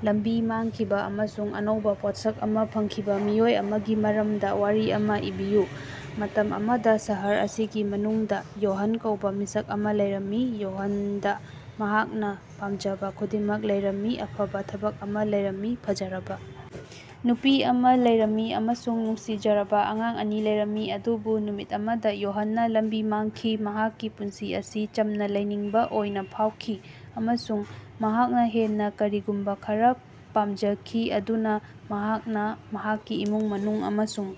ꯂꯝꯕꯤ ꯃꯥꯡꯈꯤꯕ ꯑꯃꯁꯨꯡ ꯑꯅꯧꯕ ꯄꯣꯠꯁꯛ ꯑꯃ ꯐꯪꯈꯤꯕ ꯃꯤꯑꯣꯏ ꯑꯃꯒꯤ ꯃꯔꯝꯗ ꯋꯥꯔꯤ ꯑꯃ ꯏꯕꯤꯌꯨ꯫ ꯃꯇꯝ ꯑꯃꯗ ꯁꯍꯔ ꯑꯁꯤꯒꯤ ꯃꯅꯨꯡꯗ ꯌꯣꯍꯟ ꯀꯧꯕ ꯃꯤꯁꯛ ꯑꯃ ꯂꯩꯔꯝꯃꯤ꯫ ꯌꯣꯍꯟꯗ ꯃꯍꯥꯛꯅ ꯄꯥꯝꯖꯕ ꯈꯨꯗꯤꯡꯃꯛ ꯂꯩꯔꯝꯃꯤ, ꯑꯐꯕ ꯊꯕꯛ ꯑꯃ ꯂꯩꯔꯝꯃꯤ, ꯐꯖꯔꯕ ꯅꯨꯄꯤ ꯑꯃ ꯂꯩꯔꯝꯃꯤ ꯑꯃꯁꯨꯡ ꯅꯨꯡꯁꯤꯖꯔꯕ ꯑꯉꯥꯡ ꯑꯅꯤ ꯂꯩꯔꯝꯃꯤ꯫ ꯑꯗꯨꯕꯨ ꯅꯨꯃꯤꯠ ꯑꯃꯗ ꯌꯣꯍꯟꯅ ꯂꯝꯕꯤ ꯃꯥꯡꯈꯤ꯫ ꯃꯍꯥꯛꯀꯤ ꯄꯨꯟꯁꯤ ꯑꯁꯤ ꯆꯝꯅ ꯂꯩꯅꯤꯡꯕ ꯑꯣꯏꯅ ꯐꯥꯎꯈꯤ ꯑꯃꯁꯨꯡ ꯃꯍꯥꯛꯅ ꯍꯦꯟꯅ ꯀꯔꯤꯒꯨꯝꯕ ꯈꯔ ꯄꯥꯝꯖꯈꯤ꯫ ꯑꯗꯨꯅ ꯃꯍꯥꯛꯅ ꯃꯍꯥꯛꯀꯤ ꯏꯃꯨꯡ ꯃꯅꯨꯡ ꯑꯃꯁꯨꯡ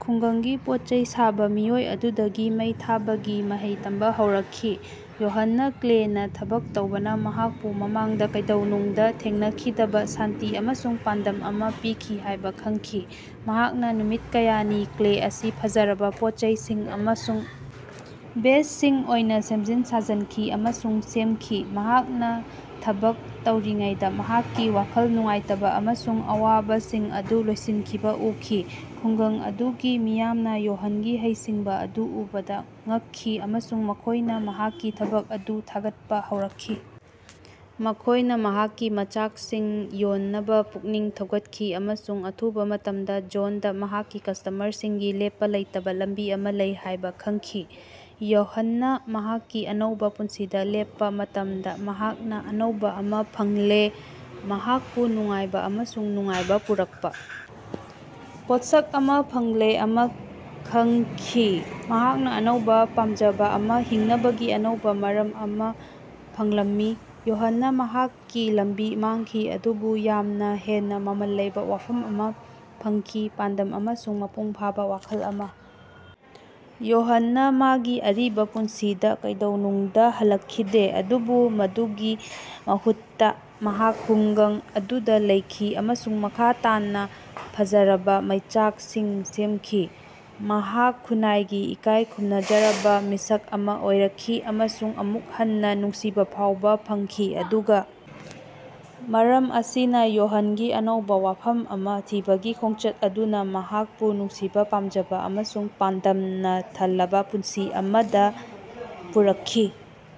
ꯈꯨꯡꯒꯪꯒꯤ ꯄꯣꯠꯆꯩ ꯁꯥꯕ ꯃꯤꯑꯣꯏ ꯑꯗꯨꯗꯒꯤ ꯃꯩ ꯊꯥꯕꯒꯤ ꯃꯍꯩ ꯇꯝꯕ ꯍꯧꯔꯛꯈꯤ꯫ ꯌꯣꯍꯟꯅ ꯀ꯭ꯂꯦꯅ ꯊꯕꯛ ꯇꯧꯕꯅ ꯃꯍꯥꯛꯄꯨ ꯃꯃꯥꯡꯗ ꯀꯩꯗꯧꯅꯨꯡꯗ ꯊꯦꯡꯅꯈꯤꯗꯕ ꯁꯥꯟꯇꯤ ꯑꯃꯁꯨꯡ ꯄꯥꯟꯗꯝ ꯑꯃ ꯄꯤꯈꯤ ꯍꯥꯏꯕ ꯈꯪꯈꯤ꯫ ꯃꯍꯥꯛꯅ ꯅꯨꯃꯤꯠ ꯀꯌꯥꯅꯤ ꯀ꯭ꯂꯦ ꯑꯁꯤ ꯐꯖꯔꯕ ꯄꯣꯠꯆꯩꯁꯤꯡ ꯑꯃꯁꯨꯡ ꯚꯦꯖꯁꯤꯡ ꯑꯣꯏꯅ ꯁꯦꯝꯖꯤꯟ ꯁꯥꯖꯤꯟꯈꯤ ꯑꯃꯁꯨꯡ ꯃꯑꯣꯡ ꯁꯦꯝꯈꯤ꯫ ꯃꯍꯥꯛꯅ ꯊꯕꯛ ꯇꯧꯔꯤꯉꯩꯗ ꯃꯍꯥꯛꯀꯤ ꯋꯥꯈꯜ ꯅꯨꯡꯉꯥꯏꯇꯕ ꯑꯃꯁꯨꯡ ꯑꯋꯥꯕꯁꯤꯡ ꯑꯗꯨ ꯂꯣꯏꯁꯤꯟꯈꯤꯕ ꯎꯈꯤ꯫ ꯈꯨꯡꯒꯪ ꯑꯗꯨꯒꯤ ꯃꯤꯌꯥꯝꯅ ꯌꯣꯍꯟꯒꯤ ꯍꯩꯁꯤꯡꯕ ꯑꯗꯨ ꯎꯕꯗ ꯉꯛꯈꯤ ꯑꯃꯁꯨꯡ ꯃꯈꯣꯏꯅ ꯃꯍꯥꯛꯀꯤ ꯊꯕꯛ ꯑꯗꯨ ꯊꯥꯒꯠꯄ ꯍꯧꯔꯛꯈꯤ꯫ ꯃꯈꯣꯏꯅ ꯃꯍꯥꯛꯀꯤ ꯃꯆꯥꯛꯁꯤꯡ ꯌꯣꯟꯅꯕ ꯄꯨꯛꯅꯤꯡ ꯊꯧꯒꯠꯈꯤ ꯑꯃꯁꯨꯡ ꯑꯊꯨꯕ ꯃꯇꯝꯗ ꯖꯣꯟꯗ ꯃꯍꯥꯛꯀꯤ ꯀꯁ꯭ꯇꯃꯔꯁꯤꯡꯒꯤ ꯂꯦꯞꯄ ꯂꯩꯇꯕ ꯂꯝꯕꯤ ꯑꯃ ꯂꯩ ꯍꯥꯏꯕ ꯈꯪꯈꯤ꯫ꯌꯣꯍꯟꯅ ꯃꯍꯥꯛꯀꯤ ꯑꯅꯧꯕ ꯄꯨꯟꯁꯤꯗ ꯂꯦꯞꯄ ꯃꯇꯝꯗ ꯃꯍꯥꯛꯅ ꯑꯅꯧꯕ ꯑꯃ ꯐꯪꯂꯦ, ꯃꯍꯥꯛꯄꯨ ꯅꯨꯡꯉꯥꯏꯕ ꯑꯃꯁꯨꯡ ꯅꯨꯡꯉꯥꯏꯕ ꯄꯨꯔꯛꯄ ꯄꯣꯠꯁꯛ ꯑꯃ ꯐꯪꯂꯦ ꯑꯃ ꯈꯪꯈꯤ꯫ ꯃꯍꯥꯛꯅ ꯑꯅꯧꯕ ꯄꯥꯝꯖꯕ ꯑꯃ, ꯍꯤꯡꯅꯕꯒꯤ ꯑꯅꯧꯕ ꯃꯔꯝ ꯑꯃ ꯐꯪꯂꯝꯃꯤ꯫ ꯌꯣꯍꯟꯅ ꯃꯍꯥꯛꯀꯤ ꯂꯝꯕꯤ ꯃꯥꯡꯈꯤ ꯑꯗꯨꯕꯨ ꯌꯥꯝꯅ ꯍꯦꯟꯅ ꯃꯃꯜ ꯂꯩꯕ ꯋꯥꯐꯝ ꯑꯃ ꯐꯪꯈꯤ, ꯄꯥꯟꯗꯝ ꯑꯃꯁꯨꯡ ꯃꯄꯨꯡ ꯐꯥꯕ ꯋꯥꯈꯜ ꯑꯃ꯫ ꯌꯣꯍꯟꯅ ꯃꯍꯥꯛꯀꯤ ꯑꯔꯤꯕ ꯄꯨꯟꯁꯤꯗ ꯀꯩꯗꯧꯅꯨꯡꯗ ꯍꯜꯂꯛꯈꯤꯗꯦ ꯑꯗꯨꯕꯨ ꯃꯗꯨꯒꯤ ꯃꯍꯨꯠꯇ ꯃꯍꯥꯛ ꯈꯨꯡꯒꯪ ꯑꯗꯨꯗ ꯂꯩꯈꯤ ꯑꯃꯁꯨꯡ ꯃꯈꯥ ꯇꯥꯅ ꯐꯖꯔꯕ ꯃꯩꯆꯥꯛꯁꯤꯡ ꯁꯦꯝꯈꯤ꯫ ꯃꯍꯥꯛ ꯈꯨꯟꯅꯥꯏꯒꯤ ꯏꯀꯥꯏ ꯈꯨꯝꯅꯖꯔꯕ ꯃꯤꯁꯛ ꯑꯃ ꯑꯣꯏꯔꯛꯈꯤ ꯑꯃꯁꯨꯡ ꯑꯃꯨꯛ ꯍꯟꯅ ꯅꯨꯡꯁꯤꯕ ꯐꯥꯎꯕ ꯐꯪꯈꯤ꯫ ꯑꯗꯨꯒ ꯃꯔꯝ ꯑꯁꯤꯅ, ꯌꯣꯍꯟꯒꯤ ꯑꯅꯧꯕ ꯋꯥꯐꯝ ꯑꯃ ꯊꯤꯕꯒꯤ ꯈꯣꯡꯆꯠ ꯑꯗꯨꯅ ꯃꯍꯥꯛꯄꯨ ꯅꯨꯡꯁꯤꯕ, ꯄꯥꯝꯖꯕ ꯑꯃꯁꯨꯡ ꯄꯥꯟꯗꯝꯅ ꯊꯜꯂꯕ ꯄꯨꯟꯁꯤ ꯑꯃꯗ ꯄꯨꯔꯛꯈꯤ꯫